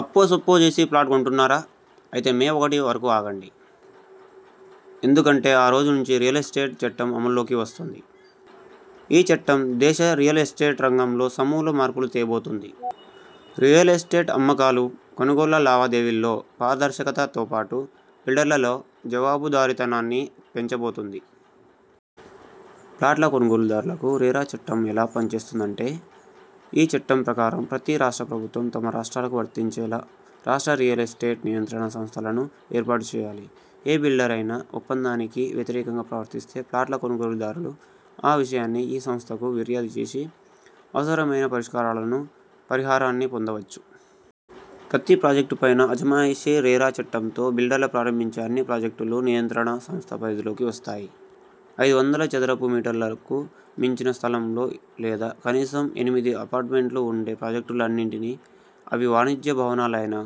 అప్పో సప్పో చేసి ఫ్లాట్ కోటుంన్నారా? అయితే మే ఒకటి వరకు ఆగండి. ఎందుకంటే ఆ రోజు నుంచి 'రియల్ ఎస్టేట్ చట్టం అమల్లోకి వస్తోంది. ఈ చట్టం దేశ రియల్ ఎస్టేట్ రంగంలో సమూలు మార్పులు తేబోతోంది. రియల్ ఎస్టేట్ అమ్మకాలు, కొనుగోళ్ల లావాదేవీల్లో పారదర్శకత తో పాటు, బిల్డర్లలో జవాబుదారితనాన్నీ పెంచబోతోంది. ఫ్లాట్ల కొనుగోలుదారులకు 'రెరా' చట్టం ఎలా మేలు చేస్తుందంటే. ఈ చట్టం ప్రకారం ప్రతి రాష్ట్ర ప్రభుత్వం తమ రాష్ట్రాలకు వర్తించేలా 'రాష్ట్ర రియల్ ఎస్టేట్ నియంత్రణ సంస్థ లను ఏర్పాటు చేయాలి. ఏ బిల్డర్ అయినా ఒప్పందానికి వ్యతిరేకంగా ప్రవర్తిస్తే ఫ్లాట్ల కొనుగోలుదారులు ఆ విషయాన్ని ఈ సంస్థకు ఫిర్యాదు చేసి అవసరమైన పరిష్కారాలను, పరిహారాన్ని పొందవచ్చు. ప్రతి ప్రాజెక్టుపైనా అజమాయిషీ రెరా చట్టంతో బిల్డర్లు ప్రారంభించే అన్ని ప్రాజెక్టులు నియంత్రణ సంస్థ పరిధిలోకి వస్తాయి. ఐదు వందల చదరపు మీటర్లకు మించిన స్థలంలో లేదా కనీసం ఎనిమిది అపార్ట్మెంట్లు ఉండే ప్రాజెక్టులన్నింటినీ అవి వాణిజ్య భవనాలైనా,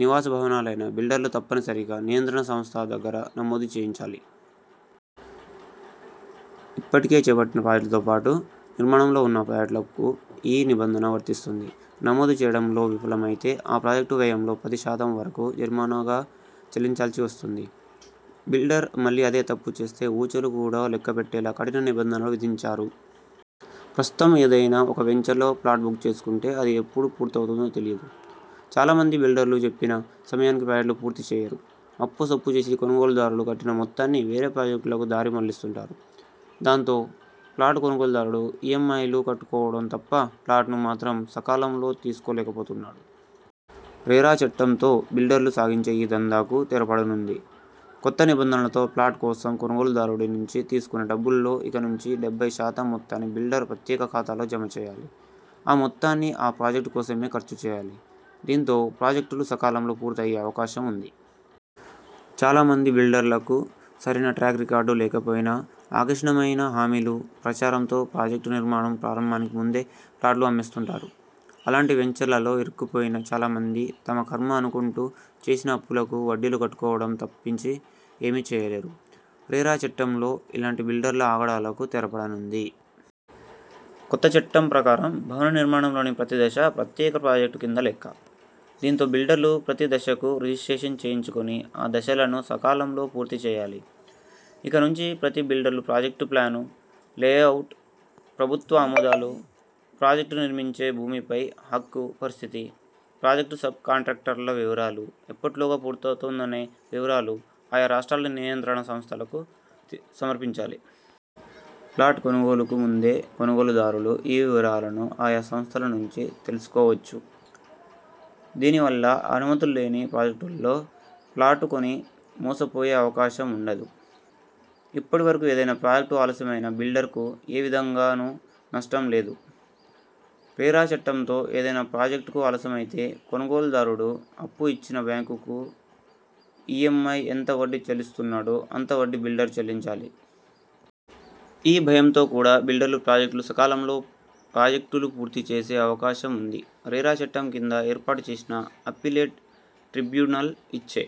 నివాస భవనాలైనా బిల్డర్లు తప్పనిసరిగా నియంత్రణ సంస్థ దగ్గర నమోదు చేయించాలి. ఇప్పటికే చేపట్టిన ప్రాజెక్టులతో పాటు, నిర్మాణంలో ఉన్న ప్రాజెక్ట్లక ఈ నిబంధన వర్తిస్తుంది. నమోదు చేయడంలో విఫలమైతే ఆ ప్రాజెక్టు వ్యయంలో పది శాతం వరకు జరిమానాగా చెల్లించాల్సి వస్తుంది. బిల్డర్ మళ్లీ అదే తప్పు చేస్తే ఊచలు కూడా లెక్కపెట్టేలా కఠిన నిబంధనలు విధించారు. ప్రస్తుతం ఏదైనా ఒక వెంచర్లో ఫ్లాట్ బుక్ చేసుకుంటే అది ఎప్పుడు పూర్తవుతుందో తెలియదు. చాలా మంది బిల్డర్లు చెప్పిన సమయానికి ప్రాజెక్టులు పూర్తి చేయరు. అప్పో సప్పో చేసి కొనుగోలుదారులు కట్టిన మొత్తాన్ని వేరే ప్రాజెక్టులకు దారి మళ్లిస్తుంటారు. దాంతో ఫ్లాట్ కొనుగోలుదారుడు ఈ మ్ ఐ లు కట్టుకోవడం తప్ప, ఫ్లాట్ ను మాత్రం సకాలంలో తీసుకోలేకపోతున్నాడు. రెరా చట్టంతో బిల్డర్లు సాగించే ఈ దందాకు తెరపడనుంది. కొత్త నిబంధనతో ఫ్లాట్ కోసం కొనుగోలుదారుడి నుంచి తీసుకునే డబ్బుల్లో ఇక నుంచి డెబ్బై శాతం మొత్తాన్ని బిల్డర్ ప్రత్యేక ఖాతాలో జమ చేయాలి. ఆ మొత్తాన్ని ఆ ప్రాజెక్టు కోసమే ఖర్చు చేయాలి. దీంతో ప్రాజెక్టులు సకాలంలో పూర్తయ్యే అవకాశం ఉంది. చాలా మంది బిల్డర్లకు సరైన ట్రాక్ రికార్డు లేకపోయినాఆకర్షణీయమైన హామీలు, ప్రచారంతో ప్రాజెక్టు నిర్మాణం ప్రారంభానికి ముందే ఫ్లాట్లు అమ్మేస్తుంటారు. అలాంటి వెంచర్లలో ఇరుక్కు పోయిన చాలా మంది తమ ఖర్మ అనుకుంటూ చేసిన అప్పులకు వడ్డీలు కట్టుకోవడం తప్పించి ఏమీ చేయలేరు. రెరా చట్టంలో ఇలాంటి బిల్డర్ల ఆగడాలకూ తెరపడనుంది. కొత్త చట్టం ప్రకారం భవన నిర్మాణంలోని ప్రతి దశా ప్రత్యేక ప్రాజెక్టు కింద లెక్క. దీంతో బిల్డర్లు ప్రతి దశకూ రిజిస్ట్రేషన్ చేయించుకుని ఆ దశలను సకాలంలో పూర్తి చేయాలి. ఇక నుంచి ప్రతి బిల్డర్ ప్రాజెక్టు ప్లాన్, లేఅవుట్, ప్రభుత్వ ఆమోదాలు, ప్రాజెక్టు నిర్మించే భూమిపై హక్కు పరిస్థితి, ప్రాజెక్టు సబ్ కాంట్రాక్టర్ల వివరాలు, ఎప్పటిలోగా పూర్తవుతుందనే వివరాలను ఆయా రాష్ట్రాల నియంత్రణ సంస్థలకు సమర్పించాలి. ఫ్లాట్ కొనుగోలుకు ముందే కొనుగోలుదారులు ఈ వివరాలను ఆయా సంస్థల నుంచి తెలుసుకోవచ్చు. దీని వల్ల అనుమతులు లేని ప్రాజెక్టుల్లో ఫ్లాట్లు కొని మోసపోయే అవకాశం ఉండదు. ఇప్పటి వరకు ఏదైనా ప్రాజెక్టు ఆలస్యమైనా బిల్డర్ కు ఏ విధంగానూ నష్టం లేదు. రెరా చట్టంతో ఏదైనా ప్రాజెక్టు ఆలస్యమైతే కొనుగోలుదారుడు అప్పు ఇచ్చిన బ్యాంక్కు ఈ మ్ ఐ ఎంత వడ్డీ చెల్లిస్తున్నాడో, అంత వడ్డీ బిల్డర్ చెల్లించాలి. ఈ భయంతో కూడా బిల్డర్లు ప్రాజెక్టులు సకాలంలో ప్రాజెక్టులు పూర్తి చేసే అవకాశం ఉంది. రెరా చట్టం కింద ఏర్పాటు చేసిన అప్పీలేట్ ట్రిబ్యునల్ ఇచ్చే